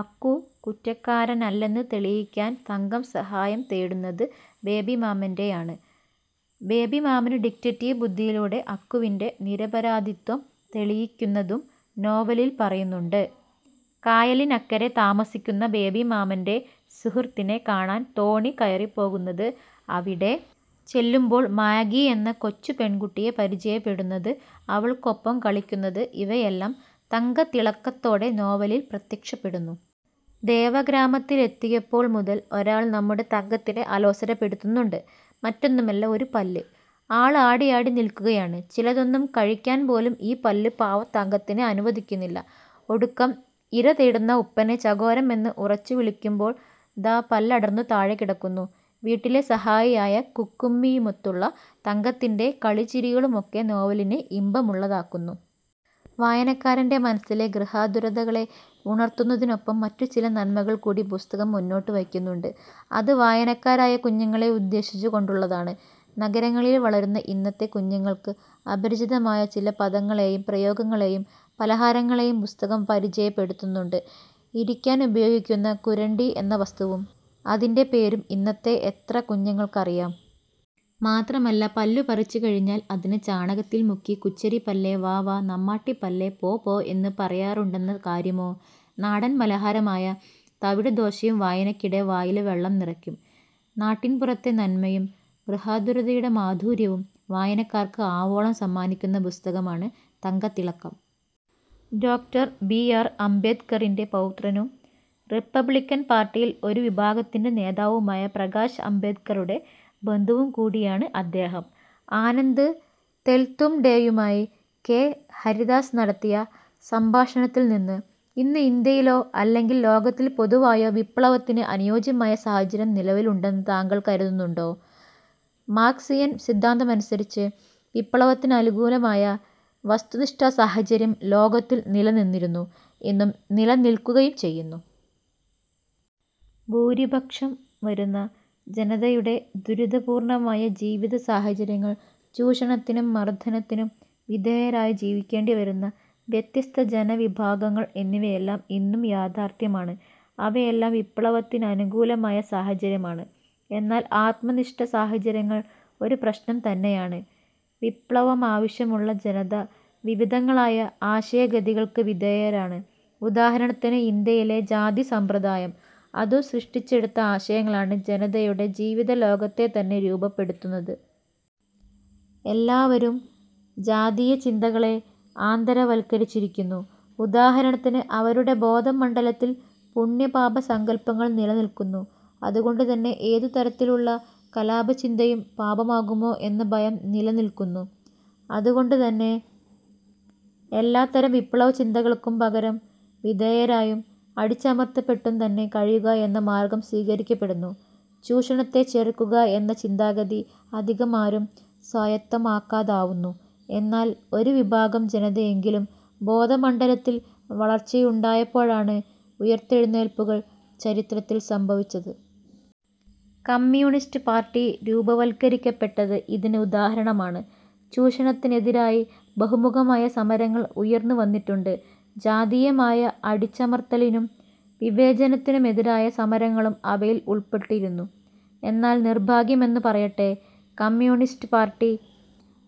അക്കു കുറ്റക്കാരനല്ലെന്നു തെളിയിക്കാന് തങ്കം സഹായം തേടുന്നത ബേബിമാമന്റെയാണ്. ബേബിമാമന് ഡിറ്റക്ടീവ് ബുദ്ധിയിലൂടെ അക്കുവിന്റെ നിരപരാധിത്വം തെളിയിക്കുന്നതും നോവലിൽ പറയുന്നുണ്ട്. കായലിനക്കരെ താമസിക്കുന്ന ബേബിമാമന്റെ സുഹൃത്തിനെ കാണാന് തോണി കയറിപ്പോകുന്നത്, അവിടെ ചെല്ലുമ്പോൾ മാഗി എന്ന കൊച്ചുപെൺകുട്ടിയെ പരിചയപ്പെടുന്നത് അവൾക്കൊപ്പം കളിക്കുന്നത് ഇവയെല്ലാം 'തങ്കത്തിളക്കത്തോടെ' നോവലിൽ പ്രത്യക്ഷപ്പെടുന്നു. ദേവഗ്രാമത്തിലെത്തിയപ്പോൾ മുതല് ഒരാൾ നമ്മുടെ തങ്കത്തിനെ അലോസരപ്പെടുത്തുന്നുണ്ട്. മറ്റൊന്നുമല്ല ഒരു പല്ല്. ആള് ആടിയാടി നിൽക്കുകയാണ്. ചിലതൊന്നും കഴിക്കാന് പോലും ഈ പല്ല് പാവം തങ്കത്തിനെ അനുവദിക്കുന്നില്ല. ഒടുക്കം ഇര തേടുന്ന ഉപ്പനെ ചകോരം എന്ന് ഉറച്ചു വിളിക്കുമ്പോള് ദാ പല്ലടർന്നു താഴെക്കിടക്കുന്നു. വീട്ടിലെ സഹായിയായ കുക്കുമ്മിയുമൊത്തുള്ള തങ്കത്തിന്റെ കളിചിരികളുമൊക്കെ നോവലിനെ ഇമ്പമുള്ളതാക്കുന്നു. വായനക്കാരന്റെ മനസ്സിലെ ഗൃഹാതുരതകളെ ഉണർത്തുന്നതിനൊപ്പം മറ്റുചില നന്മകൾ കൂടി പുസ്തകം മുന്നോട്ടു വയ്ക്കുന്നുണ്ട്. അത് വായനക്കാരായ കുഞ്ഞുങ്ങളെ ഉദ്ദേശിച്ചു കൊണ്ടുള്ളതാണ്. നഗരങ്ങളില് വളരുന്ന ഇന്നത്തെ കുഞ്ഞുങ്ങൾക്ക് അപരിചിതമായ ചില പദങ്ങളെയും പ്രയോഗങ്ങളെയും പലഹാരങ്ങളെയും പുസ്തകം പരിചയപ്പെടുത്തുന്നുണ്ട്. ഇരിക്കാനുപയോഗിക്കുന്ന കുരണ്ടി എന്ന വസ്തുവും അതിന്റെ പേരും ഇന്നത്തെ എത്ര കുഞ്ഞുങ്ങൾക്കറിയാം. മാത്രമല്ല പല്ലു പറിച്ചു കഴിഞ്ഞാല് അതിനെ ചാണകത്തില് മുക്കി കുച്ചരിപ്പല്ലേ വാ വാ നമ്മാട്ടിപ്പല്ലേ പോ പോ എന്നു പറയാറുണ്ടെന്ന കാര്യമോ. നാടന് പലഹാരമായ തവിടുദോശയും വായനയ്ക്കിടെ വായില് വെള്ളം നിറയ്ക്കും. നാട്ടിന് പുറത്തെ നന്മയും ഗൃഹാതുരതയുടെ മാധുര്യവും വായനക്കാർക്ക് ആവോളം സമ്മാനിക്കുന്ന പുസ്തകമാണ് 'തങ്കത്തിളക്കം'. ഡോ. ബി. ആർ. അംബേദ്കറിന്റെ പൗത്രനും റിപ്പബ്ളിക്കൻ പാർട്ടിയിൽ ഒരു വിഭാഗത്തിന്റെ നേതാവുമായ പ്രകാശ് അംബേദ്കറുടെ ബന്ധുവും കൂടിയാണ് അദ്ദേഹം. ആനന്ദ് തെൽതുംഡെയുമായി കെ. ഹരിദാസ് നടത്തിയ സംഭാഷണത്തിൽനിന്ന്:ഇന്ന് ഇന്ത്യയിലോ അല്ലെങ്കിൽ ലോകത്തിൽ പൊതുവായോ വിപ്ളവത്തിന് അനുയോജ്യമായ സാഹചര്യം നിലവിലുണ്ടെന്ന് താങ്കൾ കരുതുന്നുണ്ടോ മാർക്സിയൻ സിദ്ധാന്തമനുസരിച്ച് വിപ്ളവത്തിനനുകൂലമായ വസ്തുനിഷ്ഠസാഹചര്യം ലോകത്തിൽ നിലനിന്നിരുന്നു, എന്നും നിലനിൽക്കുകയും ചെയ്യുന്നു. ഭൂരിപക്ഷം വരുന്ന ജനതയുടെ ദുരിതപൂർണമായ ജീവിതസാഹചര്യങ്ങൾ, ചൂഷണത്തിനും മർദനത്തിനും വിധേയരായി ജീവിക്കേണ്ടിവരുന്ന വ്യത്യസ്ത ജനവിഭാഗങ്ങൾ എന്നിവയെല്ലാം ഇന്നും യാഥാർഥ്യമാണ്. അവയെല്ലാം വിപ്ളവത്തിനനുകൂലമായ സാഹചര്യമാണ്. എന്നാൽ, ആത്മനിഷ്ഠസാഹചര്യങ്ങൾ ഒരു പ്രശ്നം തന്നെയാണ്. വിപ്ളവമാവശ്യമുള്ള ജനത വിവിധങ്ങളായ ആശയഗതികൾക്ക് വിധേയരാണ്. ഉദാഹരണത്തിന് ഇന്ത്യയിലെ ജാതിസമ്പ്രദായം. അതു സൃഷ്ടിച്ചെടുത്ത ആശയങ്ങളാണ് ജനതയുടെ ജീവിതലോകത്തെതന്നെ രൂപപ്പെടുത്തുന്നത്. എല്ലാവരും ജാതീയചിന്തകളെ ആന്തരവത്കരിച്ചിരിക്കുന്നു. ഉദാഹരണത്തിന് അവരുടെ ബോധമണ്ഡലത്തിൽ പുണ്യപാപസങ്കല്പങ്ങൾ നിലനിൽക്കുന്നു. അതുകൊണ്ടുതന്നെ ഏതുതരത്തിലുള്ള കലാപചിന്തയും പാപമാകുമോ എന്ന ഭയം നിലനിൽക്കുന്നു. അതുകൊണ്ടുതന്നെ എല്ലാത്തരം വിപ്ളവചിന്തകൾക്കും പകരം വിധേയരായും അടിച്ചമർത്തപ്പെട്ടുംതന്നെ കഴിയുക എന്ന മാർഗം സ്വീകരിക്കപ്പെടുന്നു. ചൂഷണത്തെ ചെറുക്കുക എന്ന ചിന്താഗതി അധികമാരും സ്വായത്തമാക്കാതാവുന്നു. എന്നാൽ, ഒരുവിഭാഗം ജനതയിലെങ്കിലും ബോധമണ്ഡലത്തിൽ വളർച്ചയുണ്ടായപ്പോഴാണ് ഉയിർത്തെഴുന്നേൽപ്പുകൾ ചരിത്രത്തിൽ സംഭവിച്ചത്. കമ്യൂണിസ്റ്റ് പാർട്ടി രൂപവത്കരിക്കപ്പെട്ടത് ഇതിന് ഉദാഹരണമാണ്. ചൂഷണത്തിനെതിരായി ബഹുമുഖമായ സമരങ്ങൾ ഉയർന്നുവന്നിട്ടുണ്ട്. ജാതീയമായ അടിച്ചമർത്തലിനും വിവേചനത്തിനുമെതിരായ സമരങ്ങളും അവയിൽ ഉൾപ്പെട്ടിരുന്നു. എന്നാൽ, നിർഭാഗ്യമെന്നു പറയട്ടെ കമ്യൂണിസ്റ്റ് പാർട്ടി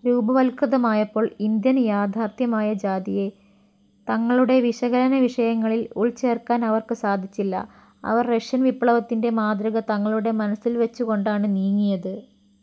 രൂപവത്കൃതമായപ്പോൾ ഇന്ത്യൻ യാഥാർഥ്യമായ ജാതിയെ തങ്ങളുടെ വിശകലനവിഷയങ്ങളിൽ ഉൾച്ചേർക്കാൻ അവർക്ക് സാധിച്ചില്ല. അവർ റഷ്യൻ വിപ്ളവത്തിന്റെ മാതൃക തങ്ങളുടെ മനസ്സിൽവെച്ചുകൊണ്ടാണ് നീങ്ങിയത്.